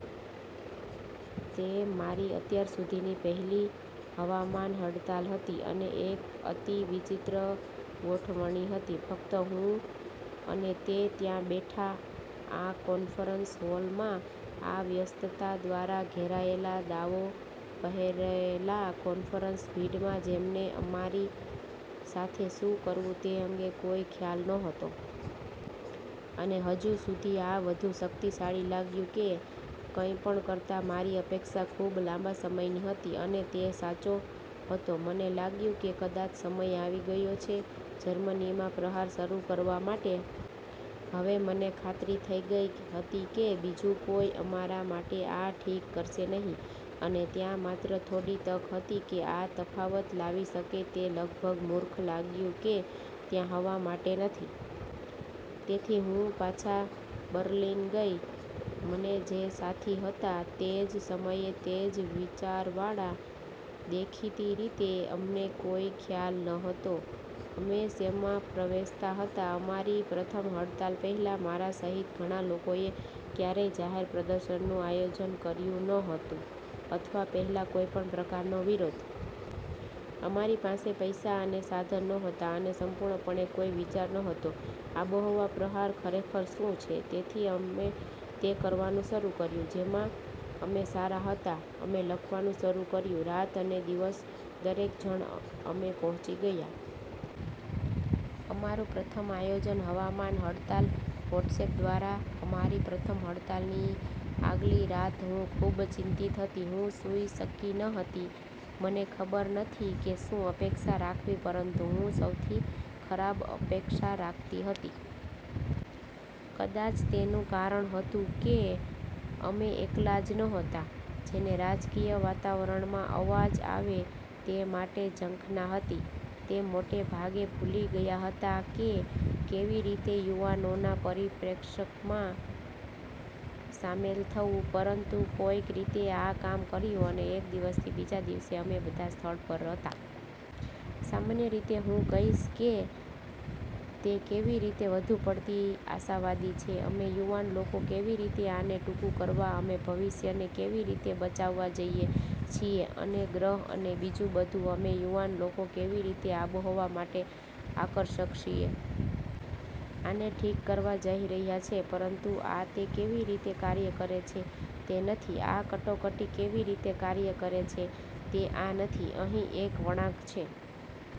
તે મારી અત્યાર સુધીની પહેલી હવામાન હડતાલ હતી અને એક અતિ વિચિત્ર ગોઠવણ હતી. ફક્ત હું અને તે ત્યાં બેઠા આ કોન્ફરન્સ હોલમાં. આ વ્યસ્તતા દ્વારા ઘેરાયેલા દાવો પહેરેલા કોન્ફરન્સ ભીડમાં જેમને અમારી સાથે શું કરવું તે અંગે કોઈ ખ્યાલ નહોતો. અને હજુ સુધી આ વધુ શક્તિશાળી લાગ્યું કે કંઈપણ કરતાં મારી અપેક્ષા ખૂબ લાંબા સમયની હતી. અને તે સાચો હતો મને લાગ્યું કે કદાચ સમય આવી ગયો છે જર્મનીમાં પ્રહાર શરૂ કરવા માટે. હવે મને ખાતરી થઈ ગઈ હતી કે બીજું કોઈ અમારા માટે આ ઠીક કરશે નહી અને ત્યાં માત્ર થોડી તક હતી કે આ તફાવત લાવી શકે. તે લગભગ મૂર્ખ લાગ્યું કે ત્યાં જવા માટે નથી. તેથી હું પાછા બર્લિન ગઈ. મને જે સાથી હતા તે તે જ સમયે તે જ વિચારવાળા. દેખીતી રીતે, અમને કોઈ ખ્યાલ નહોતો અમે શેમાં પ્રવેશતા હતા. અમારી પ્રથમ હડતાલ પહેલાં મારા સહિત ઘણા લોકોએ ક્યારેય જાહેર પ્રદર્શનનું આયોજન કર્યું ન હતું અથવા પહેલા કોઈપણ પ્રકારનો વિરોધ. અમારી પાસે પૈસા અને સાધન નહોતા અને સંપૂર્ણપણે કોઈ વિચાર ન હતો કે આબોહવા પ્રહાર ખરેખર શું છે. તેથી અમે તે કરવાનું શરૂ કર્યું જેમાં અમે સારા હતા. અમે લખવાનું શરૂ કર્યું. રાત અને દિવસ દરેક જણ અમે પહોંચી ગયા. અમારુ પ્રથમ આયોજન હવામાન હડતાલ વોટ્સએપ દ્વારા અમારી પ્રથમ હડતાલની આગલી રાત હું ખૂબ ચિંતિંત હતી. હું સૂઈ શકી ન હતી. મને ખબર નથી કે શું અપેક્ષા રાખવી પરંતુ હું સૌથી ખરાબ અપેક્ષા રાખતી હતી. કદાચ તેનુ કારણ હતું કે અમે એકલા જ નહોતા જેને રાજકીય વાતાવરણમાં અવાજ આવે તે માટે ઝંખના હતી. તે મોટે ભાગે ભૂલી ગયા હતા કે કેવી રીતે યુવાનોના પરિપ્રેક્ષ્યમાં શામેલ થવું. પરંતુ કોઈક રીતે આ કામ કર્યું અને એક દિવસથી બીજા દિવસે અમે બધા સ્થળ પર હતા. સામાન્ય રીતે, હું કહીશ કે તે કેવી રીતે વધુ પડતી આશાવાદી છે. અમે યુવાન લોકો કેવી રીતે આને ટૂંકુ કરવા અમે ભવિષ્યને કેવી રીતે બચાવવા જઈએ છીએ અને ગ્રહ અને બીજું બધું. અમે યુવાન લોકો કેવી રીતે આબોહવા માટે આકર્ષક છીએ. આને ઠીક કરવા જઈ રહ્યા છે. પરંતુ આ તે કેવી રીતે કાર્ય કરે છે તે નથી. આ કટોકટી કેવી રીતે કાર્ય કરે છે તે આ નથી. અહીં એક વળાંક છે.